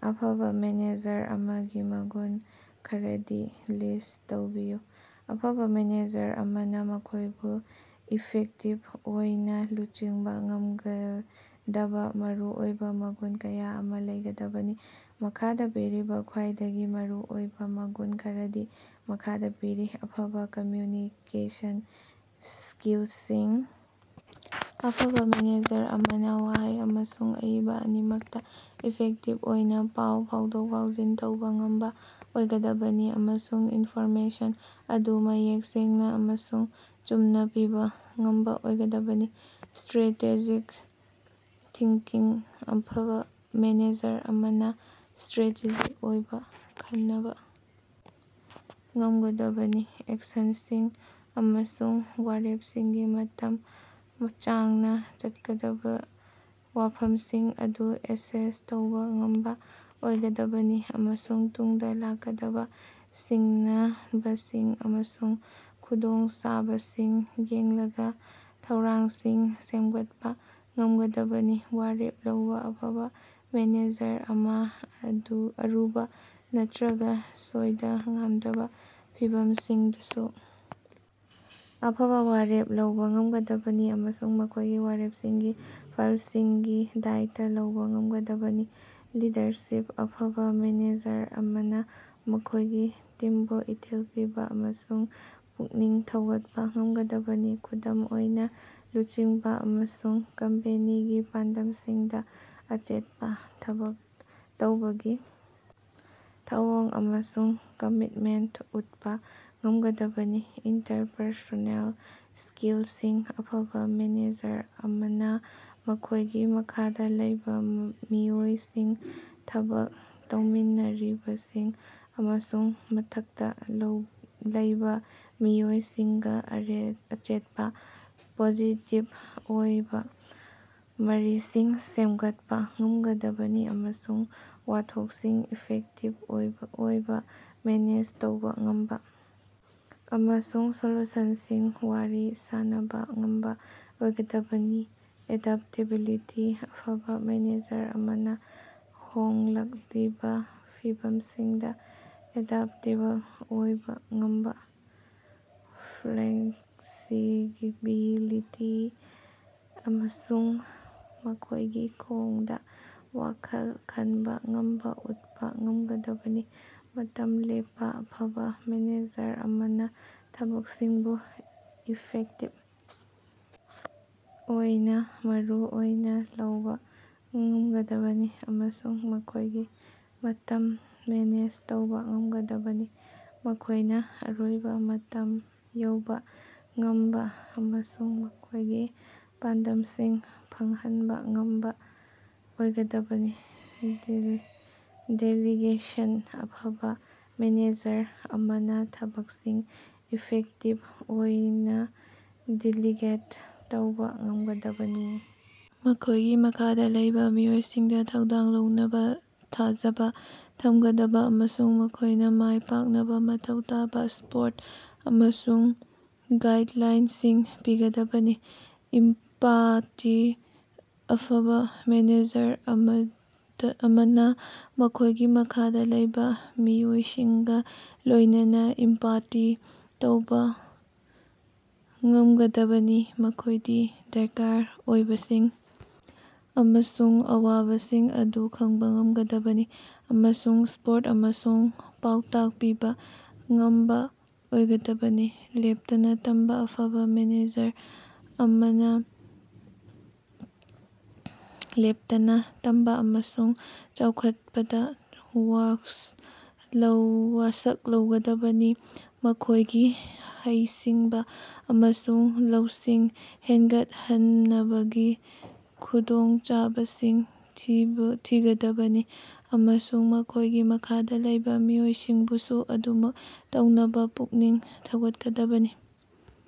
ꯑꯐꯕ ꯃꯦꯅꯦꯖꯔ ꯑꯃꯒꯤ ꯃꯒꯨꯟ ꯈꯔꯗꯤ ꯂꯤꯁ꯭ꯠ ꯇꯧꯕꯤꯌꯨ꯫ ꯑꯐꯕ ꯃꯦꯅꯦꯖꯔ ꯑꯃꯅ ꯃꯈꯣꯏꯕꯨ ꯏꯐꯦꯛꯇꯤꯕ ꯑꯣꯏꯅ ꯂꯨꯆꯤꯡꯕ ꯉꯝꯒꯗꯕ ꯃꯔꯨꯑꯣꯏꯕ ꯃꯒꯨꯟ ꯀꯌꯥ ꯑꯃ ꯂꯩꯒꯗꯕꯅꯤ꯫ ꯃꯈꯥꯗ ꯄꯤꯔꯤꯕ ꯈ꯭ꯋꯥꯏꯗꯒꯤ ꯃꯔꯨꯑꯣꯏꯕ ꯃꯒꯨꯟ ꯈꯔꯗꯤ ꯃꯈꯥꯗ ꯄꯤꯔꯤ - ꯑꯐꯕ ꯀꯝꯃ꯭ꯌꯨꯅꯤꯀꯦꯁꯟ ꯁ꯭ꯀꯤꯜꯁꯤꯡ - ꯑꯐꯕ ꯃꯦꯅꯦꯖꯔ ꯑꯃꯅ ꯋꯥꯍꯩ ꯑꯃꯁꯨꯡ ꯑꯏꯕ ꯑꯅꯤꯃꯛꯇ ꯏꯐꯦꯛꯇꯤꯚ ꯑꯣꯏꯅ ꯄꯥꯎ ꯐꯥꯎꯗꯣꯛ-ꯐꯥꯎꯖꯤꯟ ꯇꯧꯕ ꯉꯝꯕ ꯑꯣꯏꯒꯗꯕꯅꯤ ꯑꯃꯁꯨꯡ ꯏꯟꯐꯣꯔꯃꯦꯁꯟ ꯑꯗꯨ ꯃꯌꯦꯛ ꯁꯦꯡꯅ ꯑꯃꯁꯨꯡ ꯆꯨꯝꯅ ꯄꯤꯕ ꯉꯝꯕ ꯑꯣꯏꯒꯗꯕꯅꯤ꯫ ꯁ꯭ꯇꯔꯦꯇꯦꯖꯤꯛ ꯊꯤꯡꯀꯤꯡ - ꯑꯐꯕ ꯃꯦꯅꯦꯖꯔ ꯑꯃꯅ ꯁ꯭ꯇꯔꯦꯇꯦꯖꯤꯛ ꯑꯣꯏꯅ ꯈꯅꯕꯥ ꯉꯝꯒꯗꯕꯅꯤ, ꯑꯦꯛꯁꯟꯁꯤꯡ ꯑꯃꯁꯨꯡ ꯋꯥꯔꯦꯞꯁꯤꯡꯒꯤ ꯃꯇꯝ ꯁꯥꯡꯅ ꯆꯠꯀꯗꯕ ꯋꯥꯐꯝꯁꯤꯡ ꯑꯗꯨ ꯑꯦꯁꯦꯁ ꯇꯧꯕ ꯉꯝꯕ ꯑꯣꯏꯒꯗꯕꯅꯤ, ꯑꯃꯁꯨꯡ ꯇꯨꯡꯗ ꯂꯥꯛꯀꯗꯕ ꯁꯤꯡꯅꯕꯁꯤꯡ ꯑꯃꯁꯨꯡ ꯈꯨꯗꯣꯡꯆꯥꯕꯁꯤꯡ ꯌꯦꯡꯂꯒ ꯊꯧꯔꯥꯡꯁꯤꯡ ꯁꯦꯝꯒꯠꯄ ꯉꯝꯒꯗꯕꯅꯤ꯫ ꯋꯥꯔꯦꯞ ꯂꯧꯕ - ꯑꯐꯕ ꯃꯦꯅꯦꯖꯔ ꯑꯗꯨ ꯑꯔꯨꯕ ꯅꯠꯇꯔꯒ ꯁꯣꯏꯗ-ꯉꯥꯝꯗꯕ ꯐꯤꯚꯝꯁꯤꯡꯗꯁꯨ ꯑꯐꯕ ꯋꯥꯔꯦꯞ ꯂꯧꯕ ꯉꯝꯒꯗꯕꯅꯤ ꯑꯃꯁꯨꯡ ꯃꯈꯣꯏꯒꯤ ꯋꯥꯔꯦꯞꯁꯤꯡꯒꯤ ꯐꯜꯁꯤꯡꯒꯤ ꯗꯥꯏꯇꯥ ꯂꯧꯕ ꯉꯝꯒꯗꯕꯅꯤ꯫ ꯂꯤꯗꯔꯁꯤꯞ - ꯑꯐꯕ ꯃꯦꯅꯦꯖꯔ ꯑꯃꯅ ꯃꯈꯣꯏꯒꯤ ꯇꯤꯝꯕꯨ ꯏꯊꯤꯜ ꯄꯤꯕ ꯑꯃꯁꯨꯡ ꯄꯨꯛꯅꯤꯡ ꯊꯧꯒꯠꯄ ꯉꯝꯒꯗꯕꯅꯤ, ꯈꯨꯗꯝ ꯑꯣꯏꯅ ꯂꯨꯆꯤꯡꯕ ꯑꯃꯁꯨꯡ ꯀꯝꯄꯦꯅꯤꯒꯤ ꯄꯥꯟꯗꯝꯁꯤꯡꯗ ꯑꯆꯦꯠꯄ ꯊꯕꯛ ꯇꯧꯕꯒꯤ ꯊꯧꯑꯣꯡ ꯑꯃꯁꯨꯡ ꯀꯝꯃꯤꯠꯃꯦꯟꯇ ꯎꯠꯄ ꯉꯝꯒꯗꯕꯅꯤ꯫ ꯏꯟꯇꯔꯄꯔꯁꯣꯅꯦꯜ ꯁ꯭ꯀꯤꯜꯁꯤꯡ - ꯑꯐꯕ ꯃꯦꯅꯦꯖꯔ ꯑꯃꯅ ꯃꯈꯣꯏꯒꯤ ꯃꯈꯥꯗ ꯂꯩꯕ ꯃꯤꯑꯣꯏꯁꯤꯡ, ꯊꯕꯛ ꯇꯧꯃꯤꯟꯅꯔꯤꯕꯁꯤꯡ ꯑꯃꯁꯨꯡ ꯃꯊꯛꯇ ꯂꯩꯕꯥꯃꯤꯑꯣꯏꯁꯤꯡꯒ ꯑꯆꯦꯠꯄ, ꯄꯣꯖꯤꯇꯤꯚ ꯑꯣꯏꯕ ꯃꯔꯤꯁꯤꯡ ꯁꯦꯝꯒꯠꯄ ꯉꯝꯒꯗꯕꯅꯤ, ꯑꯃꯁꯨꯡ ꯋꯥꯊꯣꯛꯁꯤꯡ ꯏꯐꯦꯛꯇꯤꯕ ꯑꯣꯏꯅ ꯃꯦꯅꯦꯖ ꯇꯧꯕ ꯉꯝꯕ ꯑꯃꯁꯨꯡ ꯁꯣꯂꯨꯁꯟꯁꯤꯡ ꯋꯥꯔꯤ ꯁꯥꯅꯕ ꯉꯝꯕ ꯑꯣꯏꯒꯗꯕꯅꯤ꯫ ꯑꯦꯗꯞꯇꯦꯕꯤꯂꯤꯇꯤ - ꯑꯐꯕ ꯃꯦꯅꯦꯖꯔ ꯑꯃꯅ ꯍꯣꯡꯂꯛꯂꯤꯕ ꯐꯤꯚꯝꯁꯤꯡꯗ ꯑꯦꯗꯞꯇꯦꯕꯜ ꯑꯣꯏꯕ ꯉꯝꯕ, ꯐ꯭ꯂꯦꯛꯁꯤꯕꯤꯂꯤꯇꯤ ꯑꯃꯁꯨꯡ ꯃꯈꯣꯏꯒꯤ ꯈꯣꯡꯗ ꯋꯥꯈꯜ ꯈꯟꯕ ꯉꯝꯕ ꯎꯠꯄ ꯉꯝꯒꯗꯕꯅꯤ꯫ ꯃꯇꯝ ꯂꯦꯞꯄ - ꯑꯐꯕ ꯃꯦꯅꯦꯖꯔ ꯑꯃꯅ ꯊꯕꯛꯁꯤꯡꯕꯨ ꯏꯐꯦꯛꯇꯤꯕ ꯑꯣꯏꯅ ꯃꯔꯨ ꯑꯣꯏꯅ ꯂꯧꯕ ꯉꯝꯒꯗꯕꯅꯤ ꯑꯃꯁꯨꯡ ꯃꯈꯣꯏꯒꯤ ꯃꯇꯝ ꯃꯦꯅꯦꯖ ꯇꯧꯕ ꯉꯝꯒꯗꯕꯅꯤ, ꯃꯈꯣꯏꯅ ꯑꯔꯣꯏꯕ ꯃꯇꯝ ꯌꯧꯕ ꯉꯝꯕ ꯑꯃꯁꯨꯡ ꯃꯈꯣꯏꯒꯤ ꯄꯥꯟꯗꯝꯁꯤꯡ ꯐꯪꯍꯟꯕ ꯉꯝꯕ ꯑꯣꯏꯒꯗꯕꯅꯤ꯫ ꯗꯦꯂꯤꯒꯦꯁꯟ - ꯑꯐꯕ ꯃꯦꯅꯦꯖꯔ ꯑꯃꯅ ꯊꯕꯛꯁꯤꯡ ꯏꯐꯦꯛꯇꯤꯕ ꯑꯣꯏꯅ ꯗꯦꯂꯤꯒꯦꯠ ꯇꯧꯕ ꯉꯝꯒꯗꯕꯅꯤ, ꯃꯈꯣꯏꯒꯤ ꯃꯈꯥꯗ ꯂꯩꯕ ꯃꯤꯑꯣꯏꯁꯤꯡꯗ ꯊꯧꯗꯥꯡ ꯂꯧꯅꯕ ꯊꯥꯖꯕ ꯊꯝꯒꯗꯕꯅꯤ ꯑꯃꯁꯨꯡ ꯃꯈꯣꯏꯅ ꯃꯥꯏ ꯄꯥꯛꯅꯕ ꯃꯊꯧ ꯇꯥꯕ ꯁꯄꯣꯔꯠ ꯑꯃꯁꯨꯡ ꯒꯥꯏꯗꯂꯥꯏꯟꯁꯤꯡ ꯄꯤꯒꯗꯕꯅꯤ꯫ ꯏꯝꯄꯥꯇꯤ -ꯑꯐꯕ ꯃꯦꯅꯦꯖꯔ ꯑꯃꯅ ꯃꯈꯣꯏꯒꯤ ꯃꯈꯥꯗ ꯂꯩꯕ ꯃꯤꯑꯣꯏꯁꯤꯡꯒ ꯂꯣꯏꯅꯅ ꯏꯝꯄꯥꯇꯤ ꯇꯧꯕ ꯉꯝꯒꯗꯕꯅꯤ, ꯃꯈꯣꯏꯒꯤ ꯗꯔꯀꯥꯔ ꯑꯣꯏꯕꯁꯤꯡ ꯑꯃꯁꯨꯡ ꯑꯋꯥꯕꯁꯤꯡ ꯑꯗꯨ ꯈꯪꯕ ꯉꯝꯒꯗꯕꯅꯤ ꯑꯃꯁꯨꯡ ꯁꯄꯣꯔꯠ ꯑꯃꯁꯨꯡ ꯄꯥꯎꯇꯥꯛ ꯄꯤꯕ ꯉꯝꯕ ꯑꯣꯏꯒꯗꯕꯅꯤ꯫ ꯂꯦꯞꯇꯅ ꯇꯝꯕ - ꯑꯐꯕꯥ ꯃꯦꯅꯦꯖꯔ ꯑꯃꯅ ꯂꯦꯞꯇꯅ ꯇꯝꯕ ꯑꯃꯁꯨꯡ ꯆꯥꯎꯈꯠꯄꯗ ꯋꯥꯁꯛ ꯂꯧꯒꯗꯕꯅꯤ, ꯃꯈꯣꯏꯒꯤ ꯍꯩꯁꯤꯡꯕ ꯑꯃꯁꯨꯡ ꯂꯧꯁꯤꯡ ꯍꯦꯟꯒꯠꯍꯟꯅꯕꯒꯤ ꯈꯨꯗꯣꯡꯆꯥꯕꯁꯤꯡ ꯊꯤꯒꯗꯕꯅꯤ ꯑꯃꯁꯨꯡ ꯃꯈꯣꯏꯒꯤ ꯃꯈꯥꯗ ꯂꯩꯕ ꯃꯤꯑꯣꯏꯁꯤꯡꯕꯨꯁꯨ ꯑꯗꯨꯃꯛ ꯇꯧꯅꯕ ꯄꯨꯛꯅꯤꯡ ꯊꯧꯒꯠꯀꯗꯕꯅꯤ꯫